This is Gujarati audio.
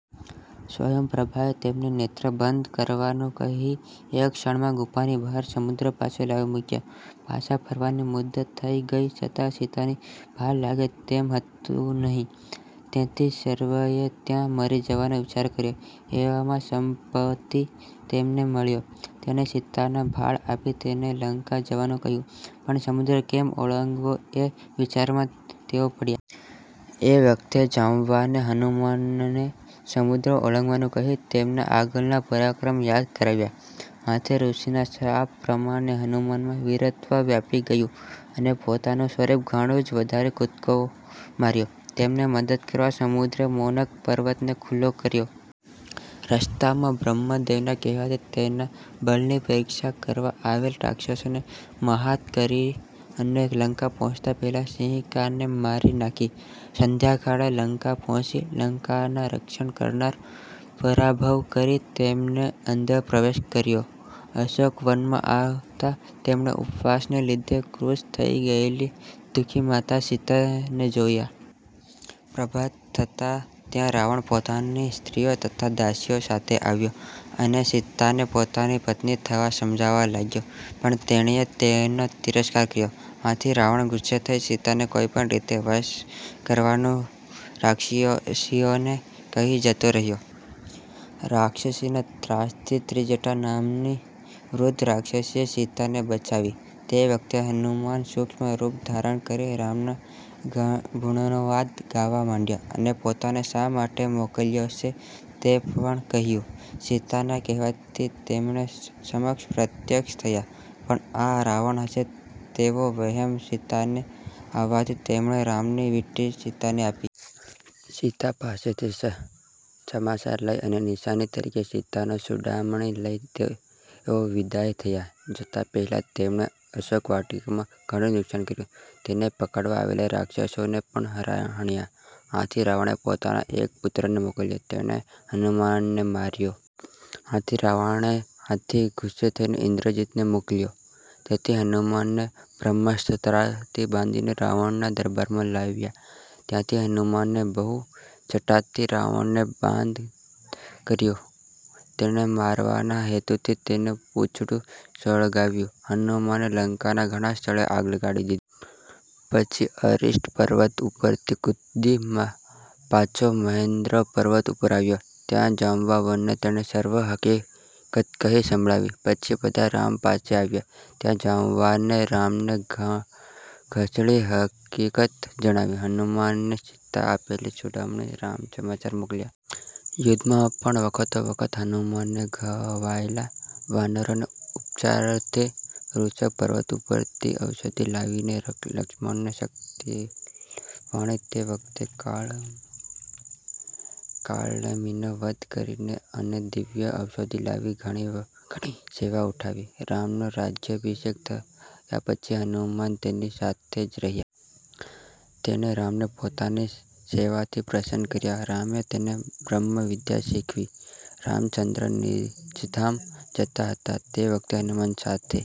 સ્વયંપ્રભાએ તેમને નેત્ર બંધ કરવાનું કહી એક ક્ષણમાં ગુફાની બહાર સમુદ્ર પાસે લાવી મૂક્યા. પાછા ફરવાની મુદ્દત થઈ ગઈ છતાં સીતાની ભાળ લાગે તેમ હતું નહિ. તેથી સર્વેએ ત્યાં મરી જવાનો વિચાર કર્યો એવામાં સંપતિ તેમને મળ્યો, તેણે સીતાની ભાળ આપી તેમને લંકા જવા કહ્યું પણ સમુદ્ર કેમ ઓળંગવો એ વિચારમાં તેઓ પડ્યા. એ વખતે જાંબુવાને હનુમાનને સમુદ્ર ઓળંગવાનું કહી તેમના આગળના પરાક્રમ યાદ કરાવ્યા. આથી ઋષિના શાપ પ્રમાણે હનુમાનમાં વીરત્વ વ્યાપી ગયું અને પોતાનું સ્વરૂપ ઘણું જ વધારીને કૂદકો માર્યો. તેમને મદદ કરવા સમુદ્રે મૈનાક પર્વતને ખુલ્લો કર્યો. રસ્તામાં બ્રહ્મદેવના કહેવાથી તેના બળની પરીક્ષા કરવા આવેલ રાક્ષસોને મહાત કરી અને લંકા પહોચતાં પહેલા સિંહિકાને મારી નાખી; સંધ્યાકાળે લંકા પહોંચી, લંકાના રક્ષણ કરનારને પરાભવ કરી તેમણે અંદર પ્રવેશ કર્યો. અશોકવનમાં આવતાં તેમણે ઉપવાસને લીધે કૃશ થઈ ગયેલી દુખી માતા સીતાને જોયા. પ્રભાત થતાં ત્યાં રાવણ પોતાની સ્ત્રીઓ તથા દાસીઓ સાથે આવ્યો અને સીતાને પોતાની પત્ની થવા સમજાવવા લાગ્યો, પણ તેણીએ તેનો તિરસ્કાર કર્યો. આથી રાવણ ગુસ્સે થઈ સીતાને કોઈ પણ રીતે વશ કરવાનું રાક્ષસીઓને કહી જતો રહ્યો. રાક્ષસીના ત્રાસથી ત્રિજટા નામની વૃદ્ધ રાક્ષસીએ સીતાને બચાવી. તે વખતે હનુમાન સૂક્ષ્મ રૂપ ધારણ કરી રામના ગુણાનુવાદ ગાવા માંડ્યા અને પોતાને શા માટે મોકલ્યો છે તે પણ કહ્યું. સીતાના કહેવાથી તે તેમની સમક્ષ પ્રત્યક્ષ થયા, પણ આ રાવણ હશે તેવો વહેમ સીતાને આવવાથી તેમણે રામની વીંટી સીતાને આપી. પછી સીતા પાસેથી સમાચાર લઈ અને નિશાની તરીકે સીતાનો ચૂડામણિ લઈ તેઓ વિદાય થયા. જતાં પહેલાં તેમણે અશોકવાટિકામાં ઘણું નુક્સાન કર્યું. તેને પકડવા આવેલા રાક્ષસોને પણ હણ્યા. આથી રાવણે પોતાના એક પુત્રને મોકલ્યો, તેને પણ હનુમાને માર્યો. આથી રાવણે આથી ગુસ્સે થઈ ઇંદ્રજિતને મોકલ્યો; તે હનુમાનને બ્રહ્માસ્ત્રથી બાંધી રાવણના દરબારમાં લાવ્યો, ત્યાં હનુમાને બહુ છટાથી રાવણને બોધ કર્યો. તેને મારવાના હેતુથી તેનું પૂછડું સળગાવ્યું. હનુમાને લંકામાં ઘણે સ્થળે આગ લગાડી. પછી અરિષ્ટ પર્વત ઉપરથી કૂદી પાછો મહેંદ્ર પર્વત ઉપર આવ્યો. ત્યાં જાંબુવાનને તેણે સર્વ હકીકત કહી સંભળાવી. પછી બધા રામ પાસે આવ્યા, ત્યારે જાંબુવાને રામને સઘળી હકીકત જણાવી. હનુમાને સીતાએ આપેલ ચૂડામણિ રામના ચરણમાં મૂકયો. યુદ્ધમાં પણ વખતોવખત હનુમાને ઘવાયેલા વાનરોને ઉપચારાર્થે ઋષભ પર્વત ઉપરથી ઔષધિ લાવીને, લક્ષ્મણને શક્તિ વાગી તે વખતે કાળનેમીનો વધ કરીને અને દિવ્ય ઔષધિ લાવીને ઘણી ઘણી સેવા ઉઠાવી. રામનો રાજ્યાભિષેક થયા પછીપણ હનુમાન તેમની સાથે જ રહ્યા. તેણે રામને પોતાની સેવાથી પ્રસન્ન કર્યા, રામે તેને બ્રહ્મવિદ્યા શીખવી. રામચંદ્ર નિજધામ જતા હતા તે વખતે હનુમાન સાથે